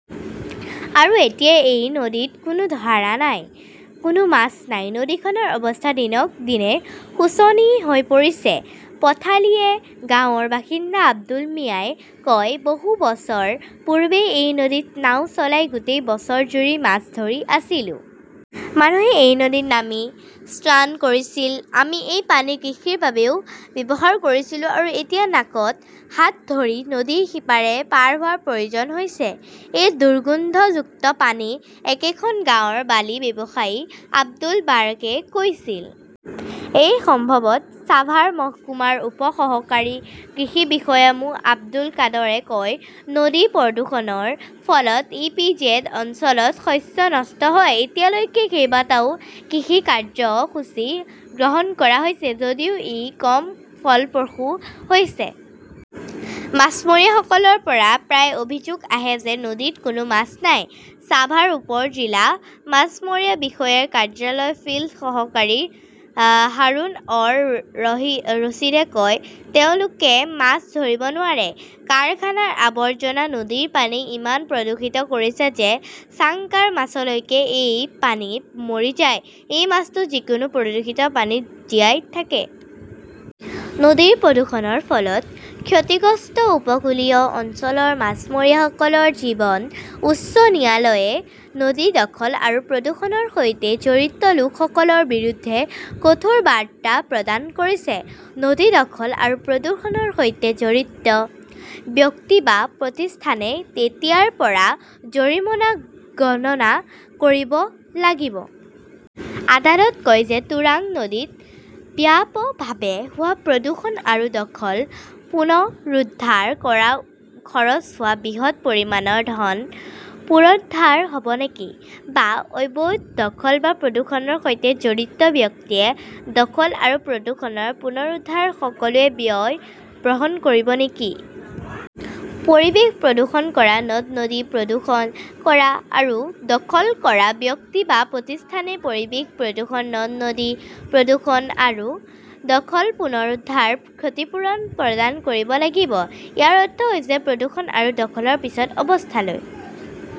আৰু এতিয়া এই নদীত কোনো ধাৰা নাই, কোনো মাছ নাই। "নদীখনৰ অৱস্থা দিনক দিনে শোচনী হৈ পৰিছে", পঠালিয়ে গাঁৱৰ বাসিন্দা আব্দুল মিয়াই কয়। "বহু বছৰ পূৰ্বে এই নদীত নাও চলাই গোটেই বছৰজুৰি মাছ ধৰি আছিলো। মানুহে এই নদীত নামি স্নান কৰিছিল। আমি এই পানী কৃষিৰ বাবেও ব্যৱহাৰ কৰিছিলো আৰু এতিয়া নাকত হাত ধৰি নদীৰ সিপাৰে পাৰ হোৱাৰ প্ৰয়োজন হৈছে, এই দুৰ্গন্ধযুক্ত পানী", একেখন গাঁৱৰ বালি ব্যৱসায়ী আব্দুল বাৰেকে কৈছিল। এই সম্ভৱত ছাভাৰ মহকুমাৰ উপ সহকাৰী কৃষি বিষয়া মো. আব্দুল কাদৰে কয়- "নদীৰ প্ৰদূষণৰ ফলত ই. পি. জেড. অঞ্চলত শস্য নষ্ট হয়, এতিয়ালৈকে কেইবাটাও কৃষি কাৰ্যসূচী গ্ৰহণ কৰা হৈছে যদিও ই কম ফলপ্ৰসূ হৈছে। "মাছমৰীয়াসকলৰ পৰা প্ৰায়ে অভিযোগ আহে যে নদীত কোনো মাছ নাই", ছাভাৰ উপ-জিলা মাছমৰীয়া বিষয়াৰ কাৰ্যালয়ৰ ফিল্ড সহকাৰী হাৰুন অৰ ৰছিদে কয়। তেওঁলোকে মাছ ধৰিব নোৱাৰে। কাৰখানাৰ আৱৰ্জনা নদীৰ পানী ইমান প্ৰদূষিত কৰিছে যে ছাক্কাৰ মাছলৈকে এই পানীত মৰি যায়, এই মাছটো যিকোনো প্ৰদূষিত পানীত জীয়াই থাকে। নদীৰ প্ৰদূষণৰ ফলত ক্ষতিগ্ৰস্ত উপকূলীয় অঞ্চলৰ মাছমৰীয়াসকলৰ জীৱন উচ্চ ন্যায়ালয়ে নদী দখল আৰু প্ৰদূষণৰ সৈতে জড়িত লোকসকলৰ বিৰুদ্ধে কঠোৰ বাৰ্তা প্ৰদান কৰিছে। নদী দখল আৰু প্ৰদূষণৰ সৈতে জড়িত ব্যক্তি বা প্ৰতিষ্ঠানে এতিয়াৰ পৰা জৰিমনা গণনা কৰিব লাগিব। আদালত কয় যে তুৰাগ নদীত ব্যাপভাৱে হোৱা প্ৰদূষণ আৰু দখল পুন ৰুদ্ধাৰ কৰাত খৰচ হোৱা বৃহৎ পৰিমাণৰ ধন পুনৰুদ্ধাৰ হ'ব নেকি? বা অবৈধ দখল বা প্ৰদূষণৰ সৈতে জড়িত ব্যক্তিয়ে দখল আৰু প্ৰদূষণৰ পুনৰুদ্ধাৰৰ সকলো ব্যয় বহন কৰিব নেকি? পৰিৱেশ প্ৰদূষণ কৰা, নদ-নদী প্ৰদূষণ কৰা আৰু দখল কৰা ব্যক্তি বা প্ৰতিষ্ঠানে পৰিৱেশ প্ৰদূষণ, নদ-নদী প্ৰদূষণ আৰু দখল পুনৰুদ্ধাৰ ক্ষতিপূৰণ প্ৰদান কৰিব লাগিব। ইয়াৰ অৰ্থ হৈছে প্ৰদূষণ আৰু দখলৰ পিছৰ অৱস্থালৈ